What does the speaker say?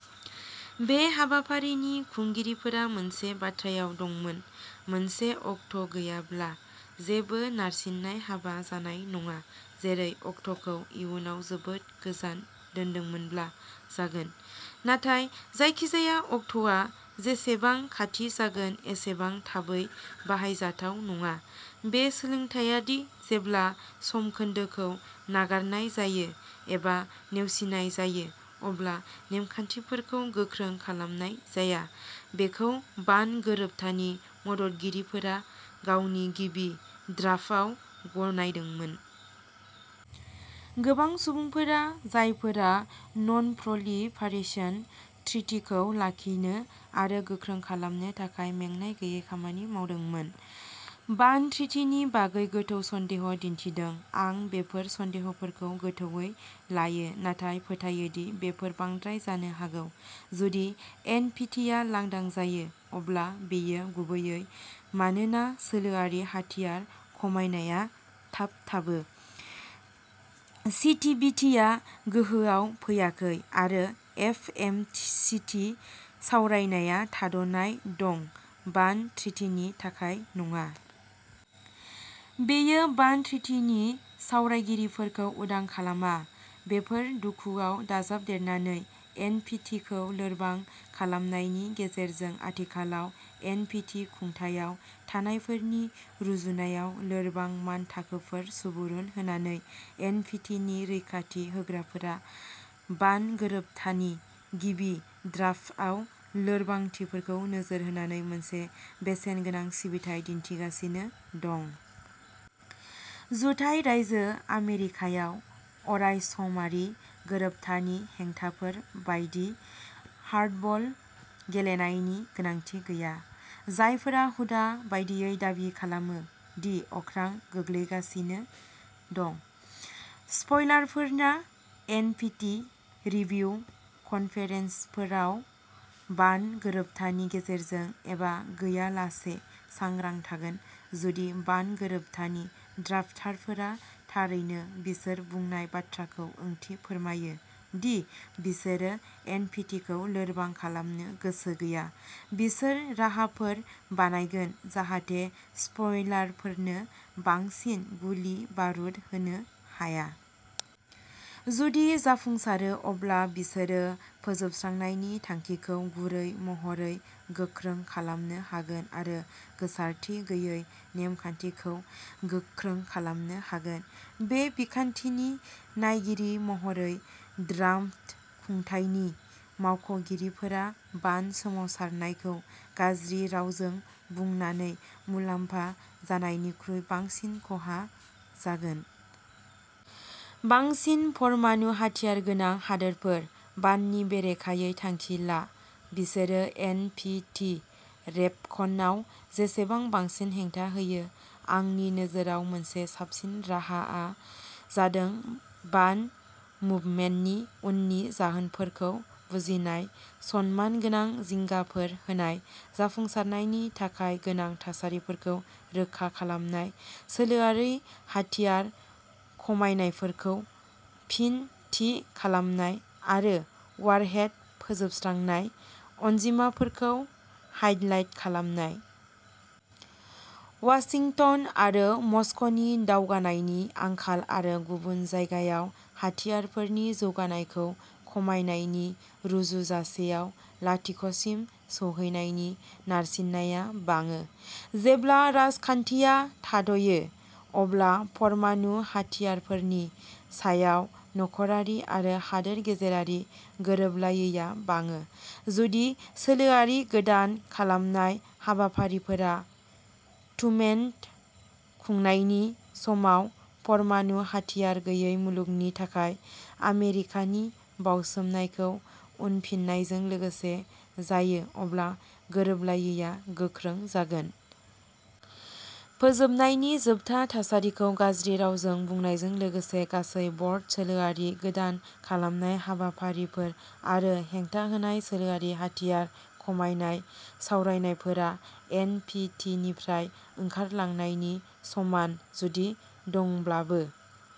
बे हाबाफारिनि खुंगिरिफोरा मोनसे बाथ्रायाव दंमोन। मोनसे अक्ट'गैयाब्ला, जेबो नारसिननाय हाबा जानाय नङा, जेरै अक्ट'खौ इयुनाव जोबोद गोजान दोन्दोंमोनब्ला जागोन। नाथाय जायखिजाया अक्ट'आ जेसेबां खाथि जागोन एसेबां थाबै बाहायजाथाव नङा। बे सोलोंथाया दि जेब्ला समखोन्दोखौ नागारनाय जायो एबा नेवसिनाय जायो अब्ला नेमखान्थिफोरखौ गोख्रों खालामनाय जाया, बेखौ बान गोरोबथानि मददगिरिफोरा गावनि गिबि ड्राफ्टआव गनायदों। गोबां सुबुंफोरा जायफोरा ननप्रलिफारेशन ट्रिटीखौ लाखिनो आरो गोख्रों खालामनो थाखाय मेंनाय गैयै खामानि मावदोंमोन, बान ट्रिटीनि बागै गोथौ सन्देह'दिन्थिदों। आं बेफोर सन्देह'फोरखौ गोथौवै लायो, नाथाय फोथायो दि बेफोर बांद्राय जानो हागौ। जुदि एनपीटीआ लांदां जायो, अब्ला बेयो गुबैयै मानोना सोलोआरि हाथियार खमायनाया थाबथाबो, सीटीबीटीआ गोहोआव फैयाखै, आरो एफएमसीटी सावरायनाया थाद'नाय दं-बान ट्रिटीनि थाखाय नङा। बेयो बान ट्रिटीनि सावरायगिरिफोरखौ उदां खालामा। बेफोर दुखुआव दाजाबदेरनानै एनपिटिखौ लोरबां खालामनायनि गेजेरजों आथिखालाव एनपिटि खुंथायाव थानायफोरनि रुजुनायाव लोरबां मानथाखोफोर सुबुरुन होनानै। एनपिटिनि रैखाथि होग्राफोरा बान गोरोबथानि गिबि ड्राफ्टआव लोरबांथिफोरखौ नोजोर होनानै मोनसे बेसेनगोनां सिबिथाइ दिन्थिगासिनो दं। जुथाइ रायजो आमेरिकायाव अरायसमारि गोरोबथानि हेंथाफोर बायदि हार्डबल गेलेनायनि गोनांथि गैया, जायफोरा हुदा बायदियै दाबि खालामो दि अख्रां गोग्लैगासिनो दं। स्पइलारफोरा एनपिटि रिभिउ कन्फेरेन्सफोराव बान गोरोबथानि गेजेरजों एबा गैयालासे सांग्रां थागोन। जुदि बान गोरोबथानि ड्राफ्टारफोरा थारैनो बिसोर बुंनाय बाथ्राखौ ओंथि फोरमायो-दि बिसोरो एनपिटिखौ लोरबां खालामनो गोसो गैया-बिसोर राहाफोर बानायगोन जाहाथे स्पइलारफोरनो बांसिन गुलि-बारुद होनो हाया। जुदि जाफुंसारो, अब्ला बिसोरो फोजोबस्रांनायनि थांखिखौ गुरै महरै गोख्रों खालामनो हागोन आरो गोसारथि गैयै नेमखान्थिखौ गोख्रों खालामनो हागोन। बे बिखान्थिनि नायगिरि महरै, ट्राम्प खुंथायनि मावख'गिरिफोरा बान सोमावसारनायखौ गाज्रि रावजों बुंनानै मुलाम्फा जानायनिख्रुइ बांसिन खहा जागोन। बांसिन परमाणु-हाथियार गोनां हादोरफोर। बाननि बेरेखायै थांखि ला, बिसोरो एन. पि. टि. रेभकनआव जेसेबां बांसिन हेंथा होयो। आंनि नोजोराव, मोनसे साबसिन राहाआ जादों बान मुभमेन्टनि उननि जाहोनफोरखौ बुजिनाय, सनमानगोनां जिंगाफोर होनाय, जाफुंसारनायनि थाखाय गोनां थासारिफोरखौ रोखा खालामनाय, सोलोआरि-हाथियार खमायनायफोरखौ फिन थि खालामनाय, आरो वारहेड फोजोबस्रांनाय अनजिमाफोरखौ हाइलाइट खालामनाय। वाशिंटन आरो मस्क'नि दावगानायनि आंखाल आरो गुबुन जायगायाव हाथियारफोरनि जौगानायखौ खमायनायनि रुजुजासेआव लाथिख'सिम सौहैनायनि नारसिननाया बाङो। जेब्ला राजखानथिआ थाथ'यो, अब्ला परमाणु हाथियारफोरनि सायाव नखरारि आरो हादोर गेजेरारि गोरोबलायैया बाङो। जुदि सोलोआरि गोदान खालामनाय हाबाफारिफोरा ट्रुमेन खुंथायनि समाव परमाणु हाथियार गैयै मुलुगनि थाखाय आमेरिकानि बाउसोमनायखौ उनफिननायजों लोगोसे जायो, अब्ला गोरोबलायैया गोख्रों जागोन। फोजोबनायनि जोबथा थासारिखौ गाज्रि रावजों बुंनायजों लोगोसे गासै-बर्ड सोलोआरि गोदान खालामनाय हाबाफारिफोर आरो हेंथाहोनाय सोलोआरि हाथियार खमायनाय सावरायनायफोरा एन. पि. टि. निफ्राय ओंखारलांनायनि समान-जुदि दङब्लाबो।